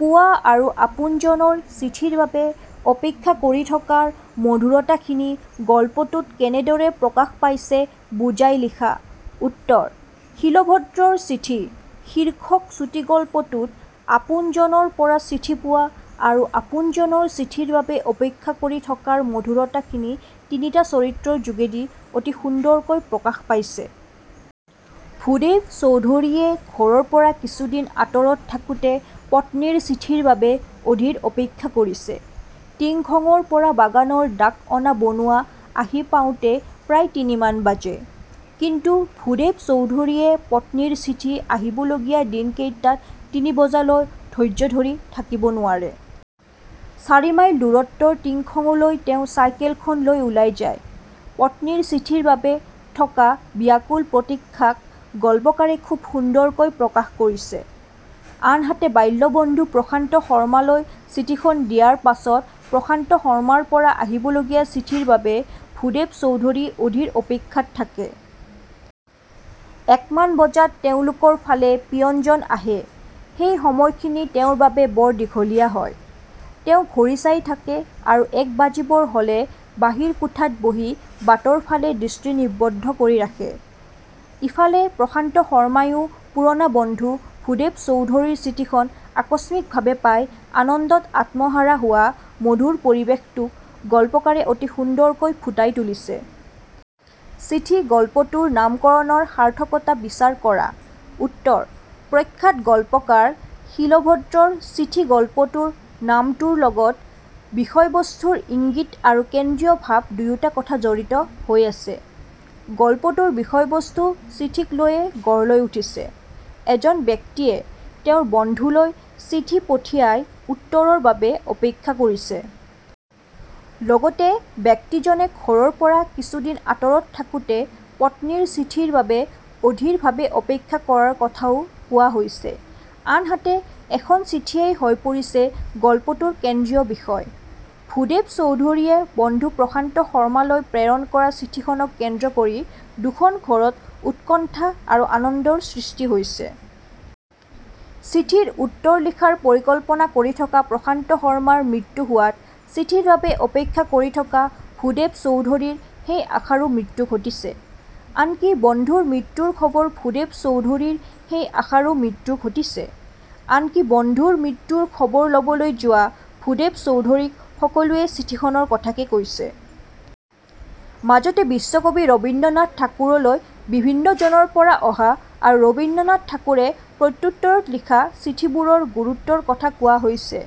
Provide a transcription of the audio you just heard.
পোৱা আৰু আপোনজনৰ চিঠিৰ বাবে অপেক্ষা কৰি থকাৰ মধুৰতাখিনি গল্পটোত কেনেদৰে প্ৰকাশ পাইছে বুজাই লিখা উত্তৰ: শীলভদ্ৰৰ 'চিঠি' শীৰ্ষক চুটিগল্পটোত আপোনজনৰ পৰা চিঠি পোৱা আৰু আপোনজনৰ চিঠিৰ বাবে অপেক্ষা কৰি থকাৰ মধুৰতা খিনি তিনিটা চৰিত্ৰৰ যোগেদি অতি সুন্দৰকৈ প্ৰকাশ পাইছে। ভূদেৱ চৌধুৰীয়ে ঘৰৰ পৰা কিছুদিন আঁতৰত থাকোঁতে পত্নীৰ চিঠিৰ বাবে অধীৰ অপেক্ষা কৰিছে। টিংখঙৰ পৰা বাগানৰ ডাক অনা বনোৱা আহি পাওঁতে প্ৰায় তিনিমান বাজে। কিন্তু ভূদেৱ চৌধুৰীয়ে পত্নীৰ চিঠি আহিব লগীয়া দিন কেইটাত তিনি বজালৈ ধৈৰ্য ধৰি থাকিব নোৱাৰে। চাৰিমাইল দূৰত্বৰ টিংখঙলৈ তেওঁ চাইকেলখন লৈ ওলাই যায়। পত্নীৰ চিঠিৰ বাবে থকা ব্যাকুল প্ৰতীক্ষাক গল্পকাৰে খুব সুন্দৰকৈ প্ৰকাশ কৰিছে। আনহাতে বাল্য বন্ধু প্ৰশান্ত শৰ্মালৈ চিঠিখন দিয়াৰ পাছত প্ৰশান্ত শৰ্মাৰ পৰা আহিবলগীয়া চিঠিৰ বাবে ভূদেৱ চৌধুৰী অধীৰ অপেক্ষাত থাকে। এক মান বজাত তেওঁলোকৰ ফালে পিয়নজন আহে। সেই সময়খিনি তেওঁৰ বাবে বৰ দীঘলীয়া হয়। তেওঁ ঘড়ী চাই থাকে আৰু এক বাজিবৰ হ'লে বাহিৰ কোঠাত বহি বাটৰ ফালে দৃষ্টি নিবদ্ধ কৰি ৰাখে। ইফালে প্ৰশান্ত শৰ্মাইও পুৰণা বন্ধু ভূদেৱ চৌধুৰীৰ চিঠিখন আকস্মিক ভাবে পাই আনন্দত আত্মহাৰা হোৱা মধুৰ পৰিবেশটো গল্পকাৰে অতি সুন্দৰকৈ ফুটাই তুলিছে।। 'চিঠি' গল্পটোৰ নামকৰণৰ সাৰ্থকতা বিচাৰ কৰা। উত্তৰ: প্ৰখ্যাত গল্পকাৰ শীলভদ্ৰৰ 'চিঠি 'গল্পটোৰ নামটোৰ লগত বিষয়বস্তুৰ ইংগিত আৰু কেন্দ্ৰীয় ভাব দুয়োটা কথা জড়িত হৈ আছে। গল্পটোৰ বিষয়বস্তু চিঠিক লৈয়ে গঢ় লৈ উঠিছে। এজন ব্যক্তিয়ে তেওঁৰ বন্ধুলৈ চিঠি পঠিয়াই উত্তৰৰ বাবে অপেক্ষা কৰিছে। লগতে ব্যক্তিজনে ঘৰৰ পৰা কিছুদিন আঁতৰত থাকোঁতে পত্নীৰ চিঠিৰ বাবে অধীৰ ভাবে অপেক্ষা কৰাৰ কথাও কোৱা হৈছে। আনহাতে এখন চিঠিয়েই হৈ পৰিছে গল্পটোৰ কেন্দ্ৰীয় বিষয়। ভূদেৱ চৌধুৰীয়ে বন্ধু প্ৰশান্ত শৰ্মালৈ প্ৰেৰণ কৰা চিঠিখনক কেন্দ্ৰ কৰি দুখন-ঘৰত উৎকণ্ঠা আৰু আনন্দৰ সৃষ্টি হৈছে। চিঠিৰ উত্তৰ লিখাৰ পৰিকল্পনা কৰি থকা প্ৰশান্ত শৰ্মাৰ মৃত্যু হোৱাত চিঠিৰ বাবে অপেক্ষা কৰি থকা ভূদেৱ চৌধুৰীৰ সেই আশাৰো মৃত্যু ঘটিছে। আনকি বন্ধুৰ মৃত্যুৰ খবৰ ভূদেৱ চৌধুৰীৰ সেই আশাৰো মৃত্যু ঘটিছে। আনকি বন্ধুৰ মৃত্যুৰ খবৰ ল'বলৈ যোৱা ভূদেৱ চৌধুৰীক সকলোৱে চিঠিখনৰ কথাকে কৈছে। মাজতে বিশ্বকবি ৰবীন্দ্ৰনাথ ঠাকুৰলৈ বিভিন্নজনৰ পৰা অহা আৰু ৰবীন্দ্ৰনাথ ঠাকুৰে প্ৰত্যোত্তৰত লিখা চিঠিবোৰৰ গুৰুত্বৰ কথা কোৱা হৈছে।